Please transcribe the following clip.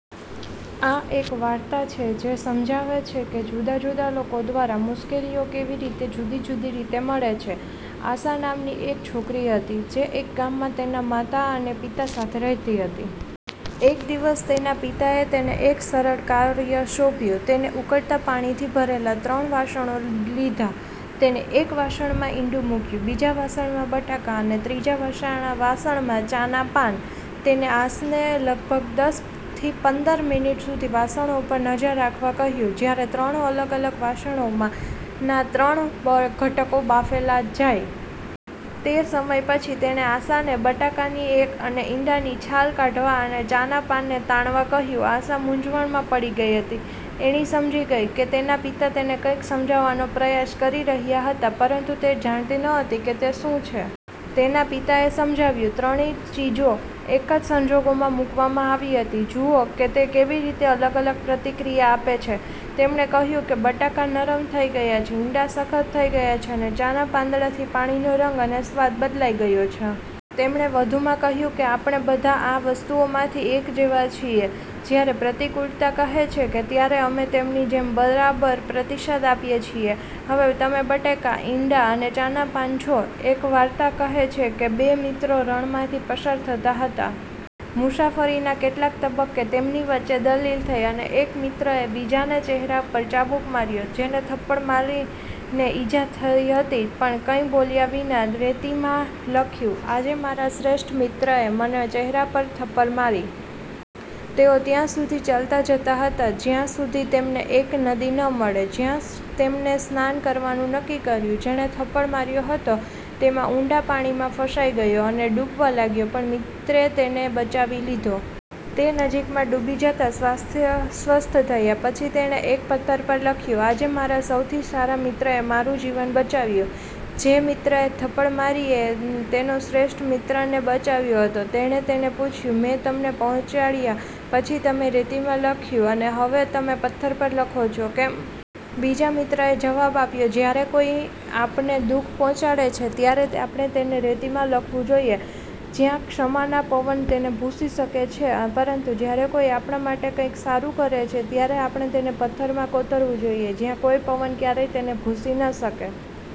આ એક વાર્તા છે જે સમજાવે છે કે જુદા જુદા લોકો દ્વારા મુશ્કેલીઓ કેવી રીતે જુદી જુદી રીતે મળે છે. આશા નામની એક છોકરી હતી જે એક ગામમાં તેના માતા અને પિતા સાથે રહેતી હતી. એક દિવસ, તેના પિતાએ તેને એક સરળ કાર્ય સોંપ્યું. તેને ઉકળતા પાણી થી ભરેલા ત્રણ વાસણો લીધા. તેને એક વાસણમાં ઈંડુ મૂક્યું, બીજા વાસણમાં બટાકા અને ત્રીજા વાસણમાં ચાના પાન. તેને આશને લગભગ દસથી પંદર મિનિટ સુધી વાસણો પર નજર રાખવા કહ્યું, જ્યારે ત્રણ અલગ અલગ વાસણો માં ના ત્રણ ઘટકો બાફેલા જાય. તે સમય પછી, તેણે આશાને બટાકાની અને ઇંડાની છાલ કાઢવા, અને ચાના પાનને તાણવા કહ્યું. આશા મૂંઝવણમાં પડી ગઈ હતી તેણી સમજી ગઈ હતી કે તેના પિતા તેને કંઈક સમજાવવાનો પ્રયાસ કરી રહ્યા હતા, પરંતુ તે જાણતી નહોતી કે તે શું છે. તેના પિતાએ સમજાવ્યું, ત્રણેય ચીજો એક જ સંજોગોમાં મૂકવામાં આવી હતી. જુઓ કે તે કેવી રીતે અલગ પ્રતિક્રિયા આપી છે. તેમણે કહ્યું કે બટાકા નરમ થઈ ગયા છે, ઇંડા સખત થઈ ગયા છે, અને ચાના પાંદડાથી પાણીનો રંગ અને સ્વાદ બદલાઈ ગયો છે. તેમણે વધુમાં કહ્યું, આપણે બધા આ વસ્તુઓમાંથી એક જેવા છીએ. જ્યારે પ્રતિકૂળતા કહે છે, ત્યારે અમે તેમની જેમ બરાબર પ્રતિસાદ આપીએ છીએ. હવે, તમે બટાકા, ઇંડા અથવા ચાના પાન છો? એક વાર્તા કહે છે કે બે મિત્રો રણમાંથી પસાર થતા હતા. મુસાફરીના કેટલાક તબક્કે તેમની વચ્ચે દલીલ થઈ, અને એક મિત્રએ બીજા ને ચહેરા પર ચાબુક માર્યો. જેને થપ્પડ મારીને ઈજા થઈ હતી, પણ કંઈ બોલ્યા વિના રેતીમાં લખ્યું. આજે મારા શ્રેષ્ઠ મિત્રએ મને ચહેરા પર થપ્પડ મારી. તેઓ ત્યાં સુધી ચાલતા જતા હતા જ્યાં સુધી તેમને એક નદી ન મળે, જ્યાં તેમને સ્નાન કરવાનું નક્કી કર્યું. જેણે થપ્પડ માર્યો હતો તેમાં ઊંડા પાણી માં ફસાઈ ગયો અને ડૂબવા લાગ્યો, પણ મિત્રે તેને બચાવી લીધો. તે નજીકમાં ડૂબી જતા સ્વસ્થ થયા પછી, તેણે એક પથ્થર પર લખ્યું. આજે મારા સૌથી સારા મિત્રએ મારું જીવન બચાવ્યું. જે મિત્રએ થપ્પડ મારીને તેનો શ્રેષ્ઠ મિત્રને બચાવ્યો હતો તેણે તેને પૂછ્યું. મેં તમને પહોંચાડ્યા પછી તમે રેતીમાં લખ્યું અને હવે, તમે પથ્થર પર લખો છો, કેમ? બીજા મિત્રએ જવાબ આપ્યો. જ્યારે કોઈ આપણને દુખ પહોંચાડે છે ત્યારે આપણે તેને રેતીમાં લખવું જોઈએ જ્યાં ક્ષમાના પવન તેને ભૂંસી શકે. પરંતુ, જ્યારે કોઈ આપણા માટે કંઈક સારું કરે છે, ત્યારે આપણે તેને પથ્થરમાં કોતરવું જોઈએ જ્યાં કોઈ પવન ક્યારેય તેને ભૂંસી ન શકે.